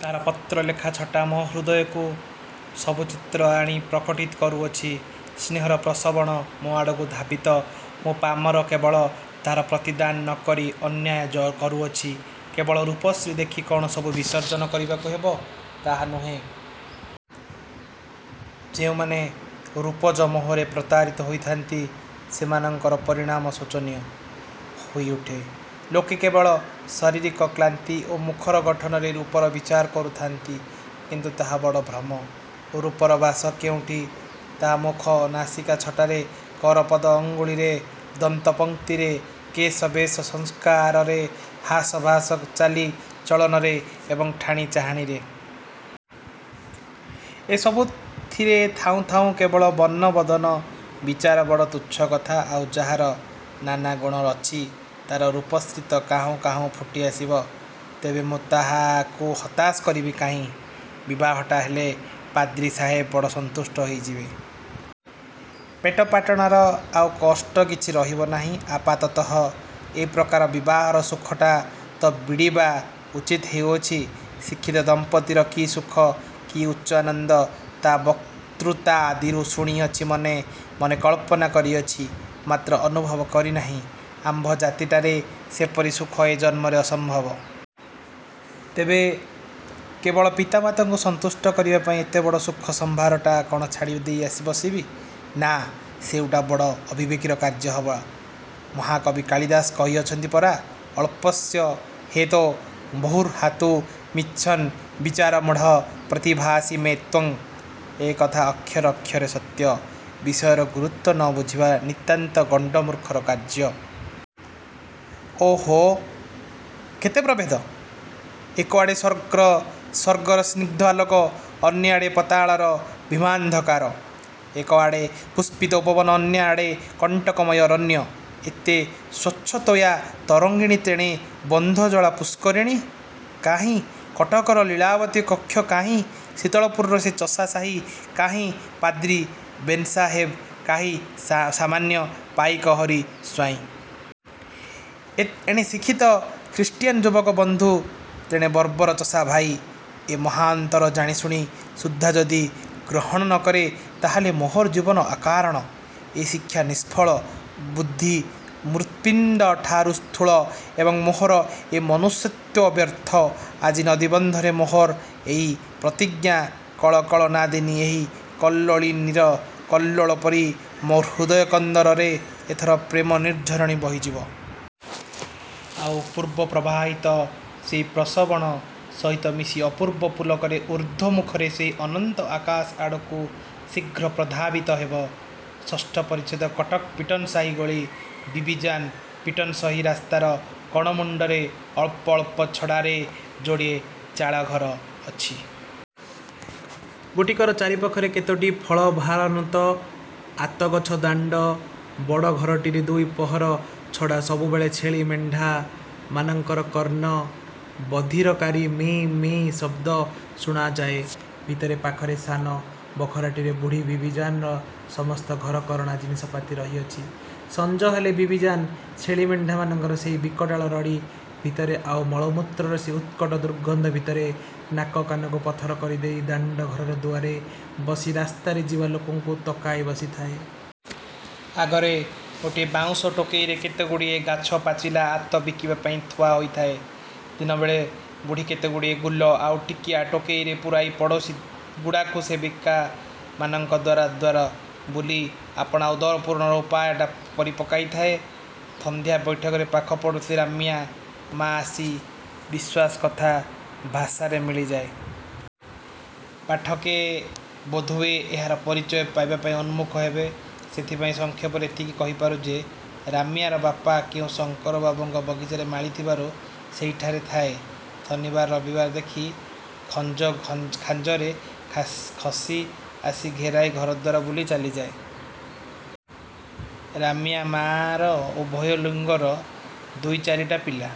ତାହାର ପତ୍ରଲେଖା ଛଟା ମୋହ ହୃଦୟରେ ସବୁ ଚିତ୍ର ଆଣି ପ୍ରକଟିତ କରୁଅଛି। ସ୍ନେହର ପ୍ରସ୍ରବଣ ମୋ ଆଡ଼କୁ ଧାବିତ। ମୁଁ ପାମର କେବଳ ତାହାର ପ୍ରତିଦାନ ନ କରି ଅନ୍ୟାୟ କରୁଅଛି। କେବଳ ରୂପଶ୍ରୀ ଦେଖି କଣ ସବୁ ବିସର୍ଜନ କରିବାକୁ ହେବ, ତାହା ନୁହେଁ। ଯେଉଁମାନେ ରୂପଜ ମୋହରେ ପ୍ରତାରିତ ହୋଇଥାନ୍ତି, ସେମାନଙ୍କର ପରିଣାମ ଶୋଚନୀୟ ହୋଇଉଠେ। ଲୋକେ କେବଳ ଶରୀରର କାନ୍ତି ଓ ମୁଖର ଗଠନରେ ରୂପର ବିଚାର କରୁଥାନ୍ତି। କିନ୍ତୁ ତାହା ବଡ଼ ଭ୍ରମ। ରୂପର ବାସ କେତେଠିଁ ତାହା ମୁଖ ନାସିକା ଛଟାରେ କର ପଦ ଅଙ୍ଗୁଳିରେ - ଦନ୍ତପଂକ୍ତିରେ କେଶବେଶ ସଂସ୍କାରରେ ହାସ ଭାଷ ଚାଲି ଚଳନରେ ଏବଂ ଠାଣି ଚାହାଣିରେ। ଏ ସବୁଥିରେ ଥାଉଁ ଥାଉଁ କେବଳ ବର୍ଣ୍ଣବଦନବିଚାର ବଡ଼ ତୁଚ୍ଛ କଥା। ଆଉ ଯାହାର ନାନା ଗୁଣ ଅଛି, ତାର ରୂପଶ୍ରୀ ତ କାହୁଁ କାହୁଁ ଫୁଟିଆସିବ! ତେବେ ମୁଁ ତାହାକୁ ହତାଶ କରିବି ନାହିଁ। ବିବାହଟା ହେଲେ ପାଦ୍ରୀ ସାହେବ ବଡ଼ ସନ୍ତୁଷ୍ଟ ହୋଇଯିବେ। ପେଟପାଟଣାର ଆଉ କଷ୍ଟ କିଛି ରହିବ ନାହିଁ। ଆପାତତଃ ଏପ୍ରକାର ବିବାହର ସୁଖଟା ତ ବିଡ଼ିବା ଉଚିତ ହେଉଅଛି। ଶିକ୍ଷିତ ଦମ୍ପତୀର କି ସୁଖ, କି ଉଚ୍ଚ ଆନନ୍ଦ, ତାହା ବକ୍ତୃତାଦିରୁ ଶୁଣିଅଛି ମନେ ମନେ କଳ୍ପନା କରିଅଛି; ମାତ୍ର ଅନୁଭବ କରିନାହିଁ। ଆମ୍ଭ ଜାତିଟାରେ ସେପରି ସୁଖ ଏ ଜନ୍ମରେ ଅସମ୍ଭବ। ତେବେ କେବଳ ପିତାମାତାଙ୍କୁ ସନ୍ତୁଷ୍ଟ କରିବାପାଇଁ ଏତେବଡ଼ ସୁଖସମ୍ଭାରଟା କଣ ଛାଡ଼ିଦେଇ ବସିବି! ନା, ସେଉଟା ବଡ଼ ଅବିବେକିର କାର୍ଯ୍ୟ ହେବ। ମହାକବି କାଳିଦାସ କହିଅଛନ୍ତି ପରା-''ଅଳ୍ପସ୍ୟ ହେତୋ ର୍ବହୁହାତୁ ମିଚ୍ଛନ ବିଚାରମୂଢ଼ଃ ପ୍ରତିଭାସି ମେ ତ୍ୱଂ। '' ଏକଥା ଅକ୍ଷରେ ଅକ୍ଷରେ ସତ୍ୟ। ବିଷୟର ଗୁରୁତ୍ୱ ନ ବୁଝିବା ନିତାନ୍ତ ଗଣ୍ଡମୁର୍ଖର କାର୍ଯ୍ୟ। ଓହୋ! କେତେ ପ୍ରଭେଦ! ଏକଆଡ଼େ ସ୍ୱର୍ଗର ସ୍ନିଗ୍ଧ ଆଲୋକ- ଅନ୍ୟଆଡ଼େ ପାତାଳର ଭୀମାନ୍ଧକାର! ଏକଆଡ଼େ ପୁଷ୍ପିତ ଉପବନ ଅନ୍ୟଆଡ଼େ କଣ୍ଟକମୟ ଅରଣ୍ୟ! ଏଣେ ସ୍ୱଚ୍ଛତୋୟା ତରଙ୍ଗିଣୀ ତେଣେ ବନ୍ଧଜଳା ପୁଷ୍କରିଣୀ! କାହିଁ କଟକର ଲୀଳାବତୀ କକ୍ଷ କାହିଁ ଶୀତଳପୁରର ସେ ଚଷାସାହି। କାହିଁ ପାଦ୍ରୀ ବେନ୍ସାହେବ କାହିଁ ସାମାନ୍ୟ ପାଇକ ହରି ସ୍ୱାଇଁ। ଏଣେ ଶିକ୍ଷିତ ଖ୍ରୀଷ୍ଟିୟାନ ଯୁବକ ବନ୍ଧୁ ତେଣେ ବର୍ବର ଚଷା ଭାଇ! ଏ ମହାଅନ୍ତର ଜାଣିଶୁଣି ସୁଦ୍ଧା ଯଦି ଗ୍ରହଣ ନ କରେଁ, ତାହାହେଲେ ମୋହର ଜୀବନ ଅକାରଣ, ଏ ଶିକ୍ଷା ନିଷ୍ଫଳ, ବୁଦ୍ଧି ମୃତ୍ପିଣ୍ଡଠାରୁ ସ୍ଥୂଳ ଏବଂ ମୋହର ଏ ମନୁଷ୍ୟତ୍ୱ ବ୍ୟର୍ଥ। ଆଜି ନଦୀବନ୍ଧରେ ମୋହର ଏହି ପ୍ରତିଜ୍ଞା କଳକଳନାଦିନୀ ଏହି କଲ୍ଲୋଳିନୀର କଲ୍ଲୋଳ ପରି ମୋ ହୃଦୟକନ୍ଦରରେ ଏଥର ପ୍ରେମନିର୍ଝରିଣୀ ବହିଯିବ। ଆଉ ପୂର୍ବ ପ୍ରବାହିତ ସେହି ପ୍ରସ୍ରବଣ ସହିତ ମିଶି ଅପୂର୍ବ ପୁଲକରେ ଊର୍ଦ୍ଧ୍ୱମୁଖରେ ସେହି ଅନନ୍ତ ଆକାଶ ଆଡ଼କୁ ଶୀଘ୍ର ପ୍ରଧାବିତ ହେବ। '' ଷଷ୍ଠ ପରିଚ୍ଛେଦ କଟକ ପିଟନ ସାହି ଗଳି। ବିବିଜାନ୍। ପିଟନ ସାହି ରାସ୍ତାର କଣମୁଣ୍ଡରେ ଅଳ୍ପ ଅଳ୍ପ ଛଡ଼ାରେ ଯୋଡ଼ିଏ ଚାଳି ଘର ଅଛି। ଗୋଟିକର ଚାରିପାଖରେ କେତୋଟି ଫଳଭାରନତ ଆତଗଛ ଦାଣ୍ଡ ବଡ଼ ଘରଟିରେ ଦୁଇପହର ଛଡ଼ା ସବୁବେଳେ ଛେଳି ମେଣ୍ଢାମାନଙ୍କର କର୍ଣ୍ଣ ବଧିରକାରୀ ମେଁ-ମାଁ ଶଦ୍ଦ ଶୁଣାଯାଏ। ଭିତର ପାଖର ସାନ ବଖରାଟିରେ ବୁଢ଼ୀ ବିବିଜାନର ସମସ୍ତ ଘରକରଣା ଜିନିଷପାତି ରହିଅଛି। ସଞ୍ଜ ହେଲେ ବିବିଜାନ୍ ଛେଳି ମେଣ୍ଢାମାନଙ୍କର ସେହି ବିକଟାଳ ରଡ଼ି ଭିତରେ ଆଉ ମଳମୂତ୍ରର ସେ ଉତ୍କଟ ଦୁର୍ଗନ୍ଧ ଭିତରେ ନାକ କାନକୁ ପଥର କରିଦେଇ ଦାଣ୍ଡଘରର ଦୁଆରେ ବସି ରାସ୍ତାରେ ଯିବା ଲୋକଙ୍କୁ ତକାଇ ବସିଥାଏ। ଆଗରେ ଗୋଟିଏ ବାଉଁଶ ଟୋକାଇରେ କେତେଗୁଡ଼ିଏ ଗଛପାଚିଲା ଆତ ବିକିବା ପାଇଁ ଥୁଆ ହୋଇଥାଏ। ଦିନବେଳେ ବୁଢ଼ୀ କେତେଗୁଡ଼ିଏ ଗୁଲ ଆଉ ଟିକିଆ ଟୋକେଇରେ ପୂରାଇ ପଡ଼ୋସୀ ଗୁଡ଼ାଖୁସେବିମାନଙ୍କର ଦ୍ୱାର ଦ୍ୱାର ବୁଲି ଆପଣା ଉଦରପୂରଣର ଉପାୟଟା କରିପକାଇଥାଏ। ସନ୍ଧ୍ୟା ବୈଠକରେ ପାଖ ପଡ଼ୋସୀ ରାମିଆ ମା' ଆସି ବିଶ୍ୱାସ କଥା ଭାଷାରେ ମିଳିଯାଏ। ପାଠକେ, ବୋଧହୁଏ ଏହାର ପରିଚୟ ପାଇବାପାଇଁ ଉନ୍ମୁଖ ହେବେ। ସେଥିପାଇଁ ସଂକ୍ଷେପରେ ଏତିକି କହି ପାରୁଁ ଯେ, ରାମିଆର ବାପ କେଉଁ ଶଙ୍କର ବାବୁଙ୍କ ବଗିଚାରେ ମାଳି ଥିବାରୁ ସେହିଠାରେ ଥାଏ। ଶନିବାର ରବିବାର ଦେଖି ଖଞ୍ଜଖାଞ୍ଜରେ ଖସି ଆସି ଘେରାଏ ଘରଦ୍ୱାର ବୁଲି ଚାଲିଯାଏ। ରାମିଆ ମା'ର ଉଭୟ ଲିଙ୍ଗର ଦୁଇ ଚାରିଟା ପିଲା।